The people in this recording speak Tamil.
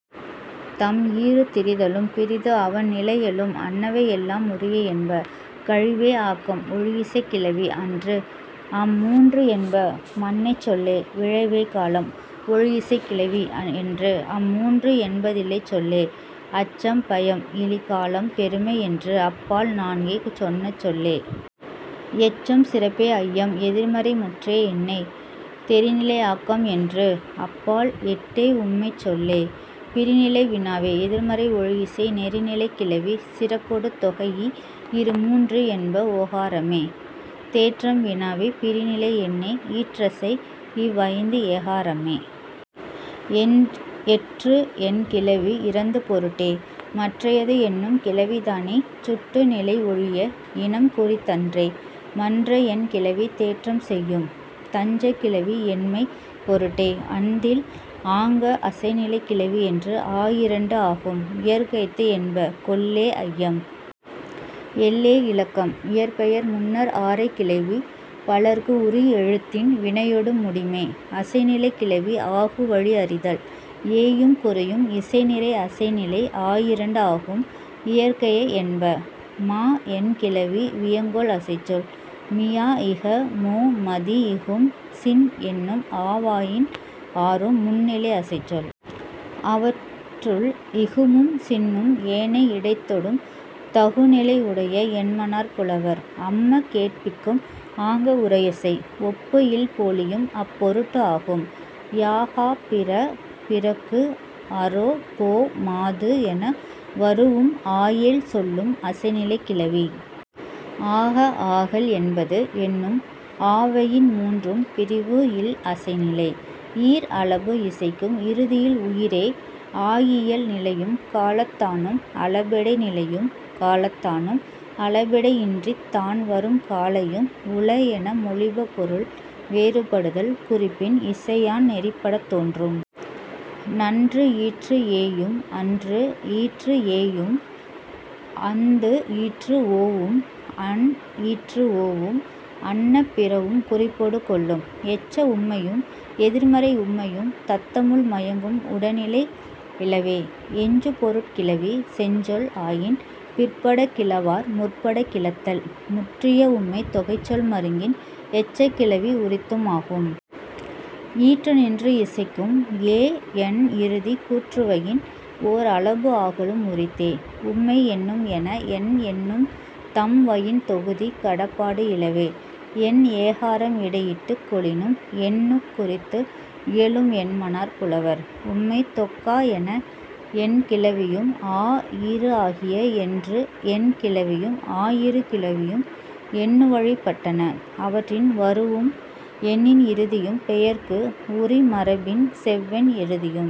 தம் ஈறு திரிதலும் பிறிது அவண் நிலையலும் அன்னவை எல்லாம் உரிய என்ப. கழிவே ஆக்கம் ஒழியிசைக் கிளவி அன்று அம் மூன்று என்ப மன்னைச் சொல்லே. விழைவே காலம் ஒழியிசைக் கிளவி என்று அம் மூன்று என்ப தில்லைச் சொல்லே. அச்சம் பயம் இலி காலம் பெருமை என்று அப் பால் நான்கே சொன்ன சொல்லே. எச்சம் சிறப்பே ஐயம் எதிர்மறை முற்றே எண்ணே தெரிநிலை ஆக்கம் என்று அப் பால் எட்டே உம்மைச் சொல்லே. பிரிநிலை வினாவே எதிர்மறை ஒழியிசை நெரிநிலைக் கிளவி சிறப்பொடு தொகைஇ இரு மூன்று என்ப ஓகாரம்மே. தேற்றம் வினாவே பிரிநிலை எண்ணே ஈற்றசை இவ் ஐந்து ஏகாரம்மே. எற்று என் கிளவி இறந்த பொருட்டே. மற்றையது என்னும் கிளவிதானே சுட்டு நிலை ஒழிய இனம் குறித்தன்றே. மன்ற என் கிளவி தேற்றம் செய்யும். தஞ்சக் கிளவி எண்மைப் பொருட்டே. அந்தில் ஆங்க அசைநிலைக் கிளவி என்று ஆயிரண்டு ஆகும் இயற்கைத்து என்ப. கொல்லே ஐயம். எல்லே இலக்கம். இயற்பெயர் முன்னர் ஆரைக் கிளவி பலர்க்கு உரி எழுத்தின் வினையொடு முடிமே. அசைநிலைக் கிளவி ஆகு வழி அறிதல். ஏயும் குரையும் இசைநிறை அசைநிலை ஆயிரண்டு ஆகும் இயற்கைய என்ப. மா என் கிளவி வியங்கோள் அசைச்சொல். மியா இக மோ மதி இகும் சின் என்னும் ஆவாயின் ஆறும் முன்னிலை அசைச்சொல். அவற்றுள், இகுமும் சின்னும் ஏனை இடத்தொடும் தகு நிலை உடைய என்மனார் புலவர். அம்ம கேட்பிக்கும். ஆங்க உரையசை. ஒப்பு இல் போலியும் அப் பொருட்டு ஆகும். யா கா பிற பிறக்கு அரோ போ மாது என வரூஉம் ஆயேழ் சொல்லும் அசைநிலைக் கிளவி. ஆக ஆகல் என்பது என்னும் ஆவயின் மூன்றும் பிரிவு இல் அசைநிலை. ஈர் அளபு இசைக்கும் இறுதியில் உயிரே ஆயியல் நிலையும் காலத்தானும் அளபெடை நிலையும் காலத்தானும் அளபெடை இன்றித் தான் வரும் காலையும் உள என மொழிப பொருள் வேறுபடுதல் குறிப்பின் இசையான் நெறிப்படத் தோன்றும். நன்று ஈற்று ஏயும் அன்று ஈற்று ஏயும் அந்து ஈற்று ஓவும் அன் ஈற்று ஓவும் அன்ன பிறவும் குறிப்பொடு கொள்ளும். எச்ச உம்மையும் எதிர்மறை உம்மையும் தத்தமுள் மயங்கும் உடனிலை இலவே. எஞ்சுபொருட் கிளவி செஞ்சொல் ஆயின் பிற்படக் கிளவார் முற்படக் கிளத்தல். முற்றிய உம்மைத் தொகைச்சொல் மருங்கின் எச்சக் கிளவி உரித்தும் ஆகும். ஈற்று நின்று இசைக்கும் ஏ என் இறுதி கூற்றுவயின் ஒர் அளபு ஆகலும் உரித்தே. உம்மை எண்ணும் என என் எண்ணும் தம்வயின் தொகுதி கடப்பாடு இலவே. எண் ஏகாரம் இடையிட்டுக் கொளினும் எண்ணுக் குறித்து இயலும் என்மனார் புலவர். உம்மை தொக்க எனா என் கிளவியும் ஆ ஈறு ஆகிய என்று என் கிளவியும் ஆயிரு கிளவியும் எண்ணுவழிப் பட்டன. அவற்றின் வரூஉம் எண்ணின் இறுதியும் பெயர்க்கு உரி மரபின் செவ்வெண் இறுதியும்